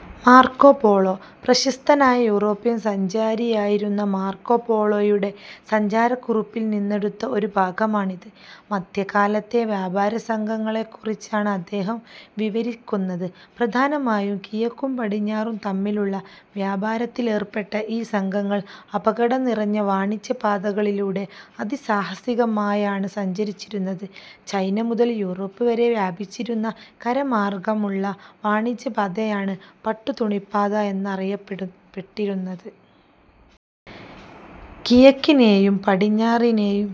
-Marco Polo. പ്രശസ്ത European സഞ്ചാരിയായിരുന്ന മാർക്കോപോളോയുടെ സഞ്ചാരക്കുറിപ്പിൽ നിന്നെടുത്ത ഒരു ഭാഗമാണിത്. മധ്യകാലത്തെ വ്യാപാരസംഘങ്ങളെക്കുറിച്ചാണ് അദ്ദേഹം വിവരിക്കുന്നത്. പ്രധാനമായും കിഴക്കും പടിഞ്ഞാറും തമ്മിലുള്ള വ്യാപാരത്തിലേർപ്പെട്ട ഈ സംഘങ്ങൾ അപകടം നിറഞ്ഞ വാണിജ്യപാതകളിലൂടെ അതിസാഹസികമായാണ് സഞ്ചരിച്ചിരുന്നത്. ചൈന മുതൽ യൂറോപ്പ് വരെ വ്യാപിച്ചിരുന്ന കര മാർഗമുള്ള വാണിജ്യ പാതയാണ് പട്ടു തുണിപ്പാത എന്നറിയപ്പെട്ടിരുന്നത്. കിഴക്കിനെയും പടിഞ്ഞാറിനെയും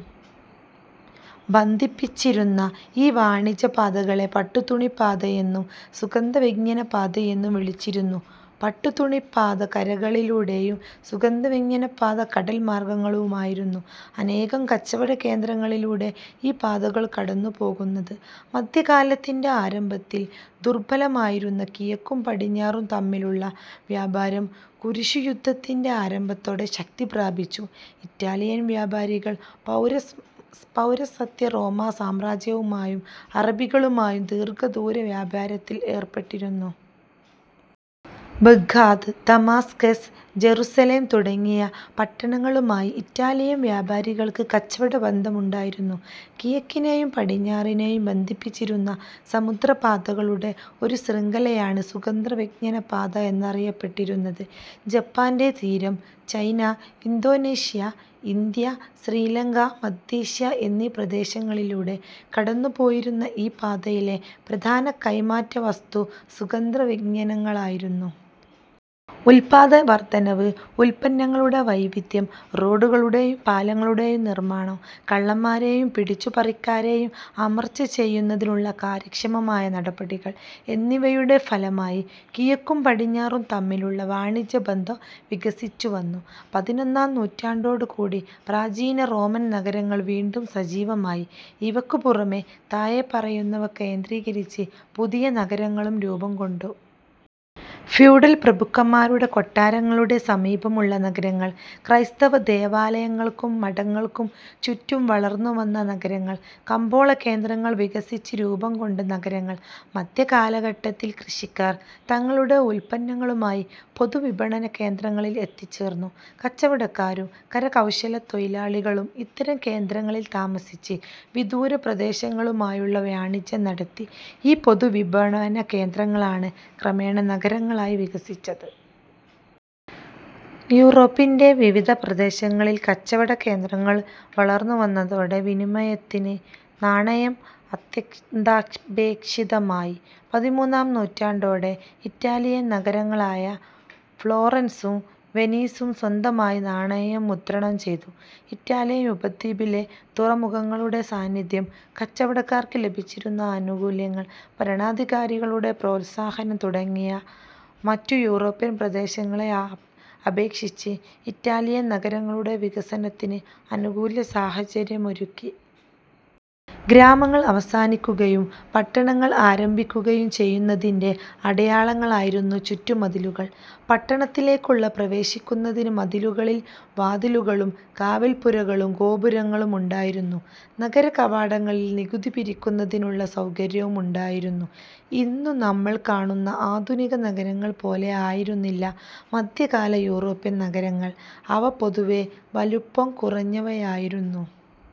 ബന്ധിപ്പിച്ചിരുന്ന ഈ വാണിജ്യ പാതകളെ പട്ടുതുണി പാതയെന്നും, സുഗന്ധവ്യഞ്ജന പാതയെന്നും വിളിച്ചിരുന്നു. പട്ടുതുണിപ്പാത കരയിലൂടെയും സുഗന്ധവ്യഞ്ജനപാത കടൽ മാർഗ്ഗവുമായിരുന്നു. അനേകം കച്ചവടകേന്ദ്രങ്ങളിലൂടെ ഈ പാതകൾ കടന്നുപോകുന്നുണ്ട്. മധ്യകാലത്തിന്റെ ആരംഭത്തിൽ ദുർബലമായിരുന്ന കിഴക്കും പടിഞ്ഞാറും തമ്മിലുള്ള വ്യാപാരം കുരിശുയുദ്ധത്തിന്റെ ആരംഭത്തോടെ ശക്തി പ്രാപിച്ചു. ഇറ്റാലിയൻ വ്യാപാരികൾ പൗരസ്ത്യ റോമാ സാമ്രാജ്യവുമായും അറബികളുമായും ദീർഘദൂര വ്യാപാരത്തിൽ ഏർപ്പെട്ടിരുന്നു. ബാഗ്ദാദ്, ദമാസ്കസ്, ജറുസലേം തുടങ്ങിയ പട്ടണങ്ങളുമായി ഇറ്റാലിയൻ വ്യാപാരികൾക്ക് കച്ചവടബന്ധമുണ്ടായിരുന്നു. കിഴക്കിനെയും പടിഞ്ഞാറിനെയും ബന്ധിപ്പിച്ചിരുന്ന സമുദ്ര പാതകളുടെ ഒരു ശൃംഖലയാണ് സുഗന്ധവ്യഞ്ജനപാത എന്നറിയപ്പെട്ടിരുന്നത്. ജപ്പാന്റെ തീരം, ചൈന, ഇന്തോനേഷ്യ, ഇന്ത്യ, ശ്രീലങ്ക, മധ്യേഷ്യ എന്നീ പ്രദേശങ്ങളിലൂടെ കടന്നു പോയിരുന്ന ഈ പാതയിലെ പ്രധാന കൈമാറ്റവസ്തു സുഗന്ധവ്യഞ്ജനങ്ങളായിരുന്നു. ഉൽപാദന വർധനവ്, ഉൽപ്പന്നങ്ങളുടെ വൈവിധ്യം, റോഡുകളുടെയും പാലങ്ങളുടെയും നിർമാണം, കള്ളന്മാരെയും പിടിച്ചു പറിക്കാരെയും അമർച്ച ചെയ്യുന്നതിനുള്ള കാര്യക്ഷമമായ നടപടികൾ എന്നിവയുടെ ഫലമായി കിഴക്കും പടിഞ്ഞാറും തമ്മിലുള്ള വാണിജ്യബന്ധം വികസിച്ചുവന്നു. പതിനൊന്നാം നൂറ്റാണ്ടോടുകൂടി പ്രാചീന റോമൻനഗരങ്ങൾ വീണ്ടും സജീവമായി. ഇവക്കുപുറമെ താഴെ പറയുന്നവ കേന്ദ്രീകരിച്ച് പുതിയ നഗരങ്ങളും രൂപംകൊണ്ടു. ഫ്യൂഡൽ പ്രഭുക്കന്മാരുടെ കൊട്ടാരങ്ങളുടെ സമീപമുള്ള നഗരങ്ങൾ. ക്രൈസ്തവ ദേവാലയങ്ങൾക്കും മഠങ്ങൾക്കും ചുറ്റും വളർന്നുവന്നനഗരങ്ങൾ. കമ്പോളകേന്ദ്രങ്ങൾ വികസിച്ച് രൂപംകൊണ്ട് നഗരങ്ങൾ. മധ്യ കാലഘട്ടത്തിൽ കൃഷിക്കാർ തങ്ങളുടെ ഉൽപ്പന്നങ്ങളുമായി പൊതു വിപണന കേന്ദ്രങ്ങളിൽ എത്തിച്ചേർന്നു. കച്ചവടക്കാരും കരകൗശലത്തൊഴിലാളികളും ഇത്തരം കേന്ദ്രങ്ങളിൽ താമസിച്ച് വിദൂര പ്രദേശങ്ങളുമായുള്ള വാണിജ്യം നടത്തി. ഈ പൊതുവിപണനകേന്ദ്രങ്ങളാണ് ക്രമേണ നഗരങ്ങളായി വികസിച്ചത്. യൂറോപ്പിന്റെ വിവിധ പ്രദേശങ്ങളിൽ കച്ചവടകേന്ദ്രങ്ങൾ വളർന്നുവന്നതോടെ വിനിമയത്തിന് നാണയം അത്യന്താപേക്ഷിതമായി. പതിമൂന്നാം നൂറ്റാണ്ടോടെ ഇറ്റാലിയൻ നഗരങ്ങളായ ഫ്ളോറൻസും വെനീസും സ്വന്തമായി നാണയം മുദ്രണം ചെയ്തു. ഇറ്റാലിയൻ ഉപദ്വീപിലെ തുറമുഖങ്ങളുടെ സാന്നിധ്യം, കച്ചവടക്കാർക്ക് ലഭിച്ചിരുന്ന ആനുകൂല്യങ്ങൾ, ഭരണാധികാരികളുടെ പ്രോത്സാഹനം തുടങ്ങിയവ മറ്റു യൂറോപ്യൻ പ്രദേശങ്ങളെ അപേക്ഷിച്ച് ഇറ്റാലിയൻ നഗരങ്ങളുടെ വികാസത്തിന് അനുകൂല സാഹചര്യമൊരുക്കി. ഗ്രാമങ്ങൾ അവസാനിക്കുകയും പട്ടണങ്ങൾ ആരംഭിക്കുകയും ചെയ്യുന്നതിന്റെ അടയാളങ്ങളായിരുന്നു ചുറ്റുമതിലുകൾ. പട്ടണത്തിലേക്കു പ്രവേശിക്കുന്നതിന് മതിലുകളിൽ വാതിലുകളും കാവൽപ്പുരകളും ഗോപുരങ്ങളും ഉണ്ടായിരുന്നു. നഗരകവാടങ്ങളിൽ നികുതി പിരിക്കുന്നതിനുള്ള സൗകര്യവും ഉണ്ടായിരുന്നു. ഇന്നു നമ്മൾ കാണുന്ന ആധുനിക നഗരങ്ങൾ പോലെ ആയിരുന്നില്ല മധ്യകാല യൂറോപ്യൻ നഗരങ്ങൾ. അവ പൊതുവെ വലുപ്പം കുറഞ്ഞവയായിരുന്നു.